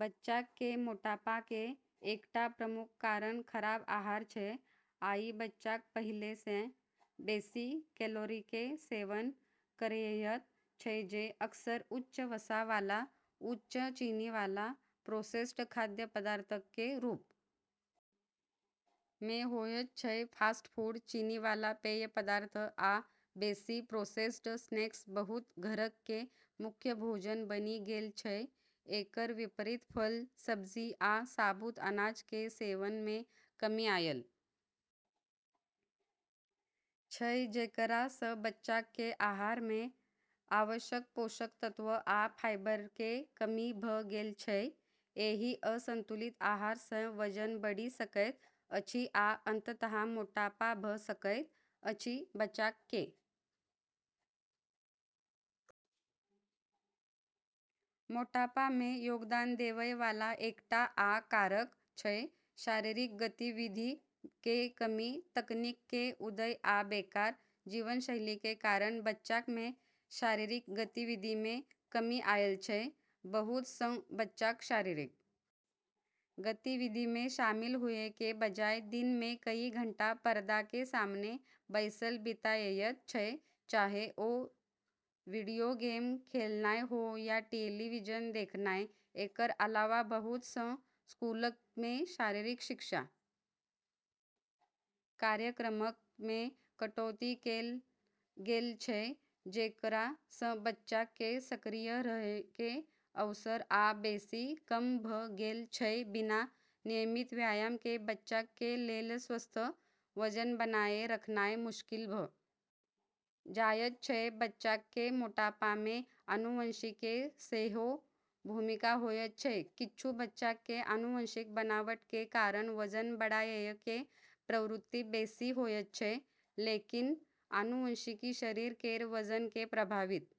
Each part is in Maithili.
बच्चाक कें मोटापा कें एकटा प्रमुख कारण खराब आहार छै, आइ बच्चाक पहिले सं बेसि कैलोरी कें सेवन करएयत छै जे अक्सर उच्च वसा वाला उच्च चीनी वाला प्रोसेस्ड खाद्य पदार्थक कें रूप मे होयत छै, फास्ट फूड, चीनी वाला पेय पदार्थ आ बेसि प्रोसेस्ड स्नैक्स बहुत घरक मे मुख्य भोजन बनि गेल छै, एकर विपरीत फल, सब्जी आ साबुत अनाज कें सेवन मे कमी आयल छै जेकरा सं बच्चाक कें आहार मे आवश्यक पोषक तत्व आ फाइबर कें कमी भ गेल छै, एहि असंतुलित आहार सं वजन बढ़ि सकैत अछि आ अंततः मोटापा भ सकैत अछि, बच्चाक कें मोटापा मे योगदान देवय वाला एकटा आ कारक छै शारीरिक गतिविधि कें कमी, तकनीक कें उदय आ बेकार जीवनशैली कें कारण बच्चाक मे शारीरिक गतिविधि मे कमी आयल छै, बहुत सं बच्चाक शारीरिक गतिविधि मे शामिल हुए कें बजाय दिन मे कई घंटा पर्दा कें सामने बैसल बिताएयत छै चाहे ओ वीडियो गेम खेलनाय हो या टेलीविजन देखनाय, एकर अलावा बहुत सं स्कूलक मे शारीरिक शिक्षा कार्यक्रमक मे कटौती कैल गेल छै जेकरा सं बच्चाक कें सक्रिय रहय कें अवसर आ बेसि कम भ गेल छै बिना नियमित व्यायाम कें बच्चाक कें लेल स्वस्थ वजन बनाए रखनाय मुश्किल भ जायत छै, बच्चाक कें मोटापा मे आनुवंशिकी कें सेहो भूमिका होयत छै, किच्छू बच्चाक कें आनुवंशिक बनावट कें कारण वजन बढ़एय कें प्रवृत्ति बेसि होयत छै, लेकिन आनुवंशिकी शरीर केरऽ वजन के प्रभावित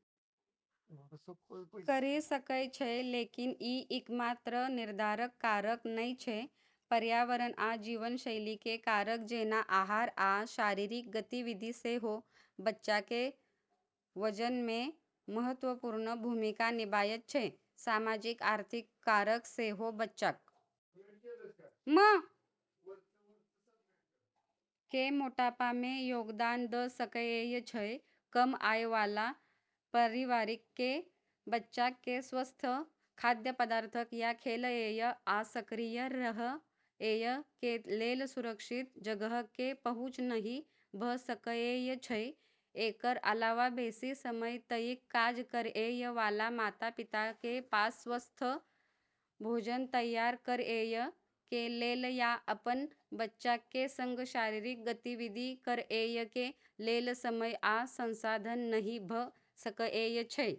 करी सकै छै, लेकिन ई एकमात्र निर्धारक कारक नै छै, पर्यावरण आ जीवनशैली कें कारक जेना आहार आ शारीरिक गतिविधि सेहो बच्चा कें वजन मे महत्वपूर्ण भूमिका निभायत छै, सामाजिक-आर्थिक कारक सेहो बच्चाक कें मोटापा मे योगदान द सकएय छै, कम आय वाला परिवारक कें बच्चाक कें स्वस्थ खाद्य पदार्थक या खेलएय आ सक्रिय रहएय कें लेल सुरक्षित जगहक कें पहुंच नहि भ सकएय छै, एकर अलावा बेसि समय तइक काज करएय वाला माता-पिता कें पास स्वस्थ भोजन तैयार करएय कें लेल या अपन बच्चाक कें संग शारीरिक गतिविधि करएय कें लेल समय या संसाधन नहि भ सकएय छै।